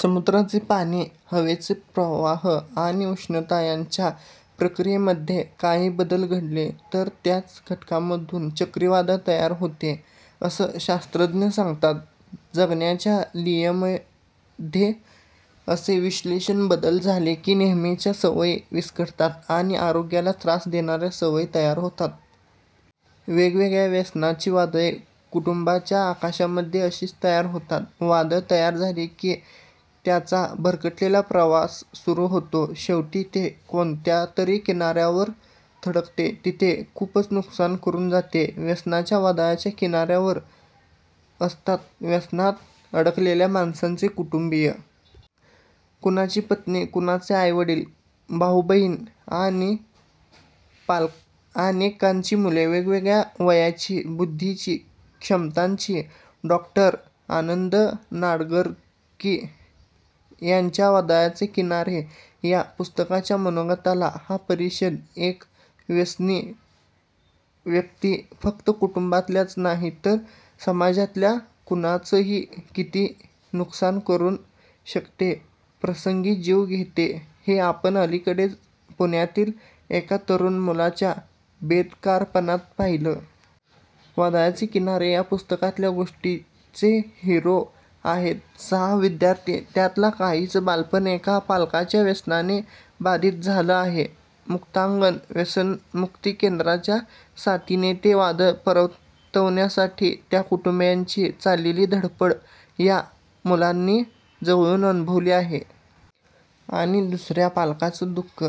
"समुद्राचे पाणी, हवेचे प्रवाह आणि उष्णता ह्यांच्या प्रक्रियेमध्ये काही बदल घडले तर त्याच घटकांमधून चक्रीवादळ तयार होते, असं शास्त्रज्ञ सांगतात. जगण्याच्या लयीमध्ये असे विलक्षण बदल झाले की, नेहमीच्या सवयी विस्कटतात आणि आरोग्याला त्रास देणाऱ्या सवयी तयार होतात. वेगवेगळ्या व्यसनांची वादळे, कुटुंबांच्या आकाशामध्ये अशीच तयार होतात. वादळ तयार झाले की, त्याचा भरकटलेला प्रवास सुरू होतो. शेवटी ते कोणत्यातरी किनाऱ्यावर धडकते. तिथे खूपच नुकसान करून जाते. व्यसनांच्या वादळाच्या किनाऱ्यावर असतात व्यसनात अडकलेल्या माणसाचे कुटुंबीय. कुणाची पत्नी, कुणाचे आई-वडील, भाऊ-बहिणी आणि अनेकांची मुले. वेगवेगळ्या वयांची, बुद्धीची, क्षमतांची. " डॉ. आनंद नाडकर्णी यांच्या 'वादळाचे किनारे' या पुस्तकाच्या मनोगतातला हा परिच्छेद. एक व्यसनी व्यक्ती फक्त कुटुंबातल्याच नाही, तर समाजातल्या कुणाचंही किती नुकसान करू शकते; प्रसंगी जीव घेते, हे आपण अलीकडेच पुण्यातील एका तरुण मुलाच्या बेदरकारपणात पाहिलं. 'वादळाचे किनारे' या पुस्तकातल्या गोष्टींचे हिरो आहेत सहा विद्यार्थी. यातल्या काहींचं बालपण एका पालकाच्या व्यसनाने बाधित झालं आहे. 'मुक्तांगण' व्यसनमुक्ती केंद्राच्या साथीने ते वादळ परतवण्यासाठी त्या कुटुंबांची चाललेली धडपड या मुलांनी जवळून अनुभवली आहे. आणि दुसऱ्या पालकाचं दु:ख,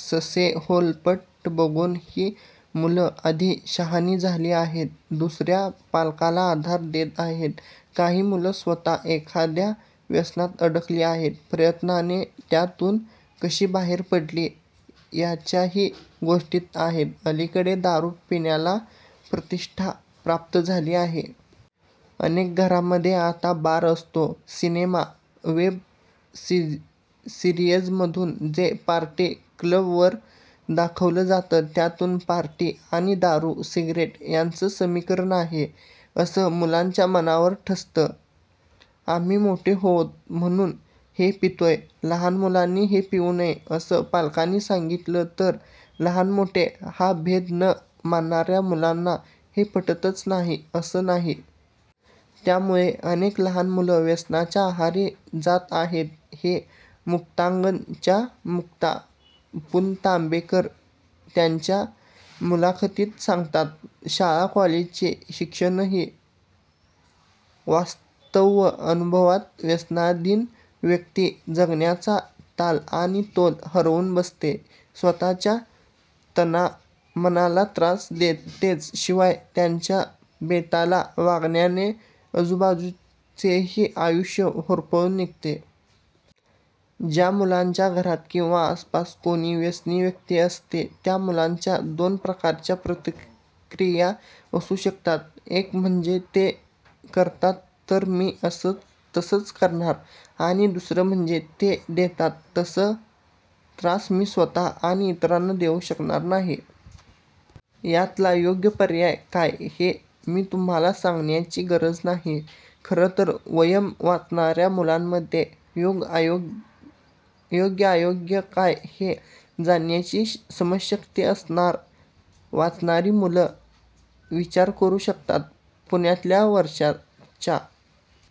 ससेहोलपट बघून ही मुलं अधिक शहाणी झाली आहेत, दुसऱ्या पालकाला आधार देत आहेत. काही मुलं स्वत: एखाद्या व्यसनात अडकली आणि प्रयत्नाने त्यातून कशी बाहेर पडली, याच्याही गोष्टी आहेत. अलीकडे दारू पिण्याला प्रतिष्ठा प्राप्त झाली आहे. अनेक घरांमध्ये आता बार असतो. सिनेमा, वेब सिरीजमधून जे पार्टी कल्चर दाखवलं जातं, त्यातून पार्टी आणि दारू, सिगरेट यांचं समीकरण आहे, असं मुलांच्या मनावर ठसतं. 'आम्ही मोठे आहोत, म्हणून हे पितोय, लहान मुलांनी हे पिऊ नये', असं पालकांनी सांगितलं तरी लहान-मोठे हा भेद न मानणाऱ्या मुलांना ते पटतंच असं नाही. त्यामुळे अनेक लहान मुलं व्यसनांच्या आहारी जात आहेत, हे 'मुक्तांगण'च्या मुक्ता पुणतांबेकर त्यांच्या मुलाखतीत सांगतात. शाळा-कॉलेजचे शिक्षकही हे वास्तव अनुभवतात. व्यसनाधीन व्यक्ती, जगण्याचा ताल आणि तोल हरवून बसते. स्वत:च्या तना-मनाला त्रास देतेच, शिवाय तिच्या बेताल वागण्याने आजूबाजूच्यांचेही आयुष्य होरपळून निघते. ज्या मुलांच्या घरात किंवा आसपास कोणी व्यसनी व्यक्ती असते, त्या मुलांच्या दोन प्रकारच्या प्रतिक्रिया असू शकतात. एक म्हणजे, ते करतात तर मीही तसंच करणार. आणि दुसरी म्हणजे, ते देतात तसा त्रास मी स्वत:ला आणि इतरांना होऊ देणार नाही. यातला योग्य पर्याय काय, हे मी तुम्हांला सांगायची गरज नाही. खरं तर 'वयम्' वाचणाऱ्या मुलांमध्ये योग्य-अयोग्य काय, हे जाणण्याची समजशक्ती असणार; वाचणारी मुलं विचार करू शकतात! पुण्यातल्या वर्षांच्या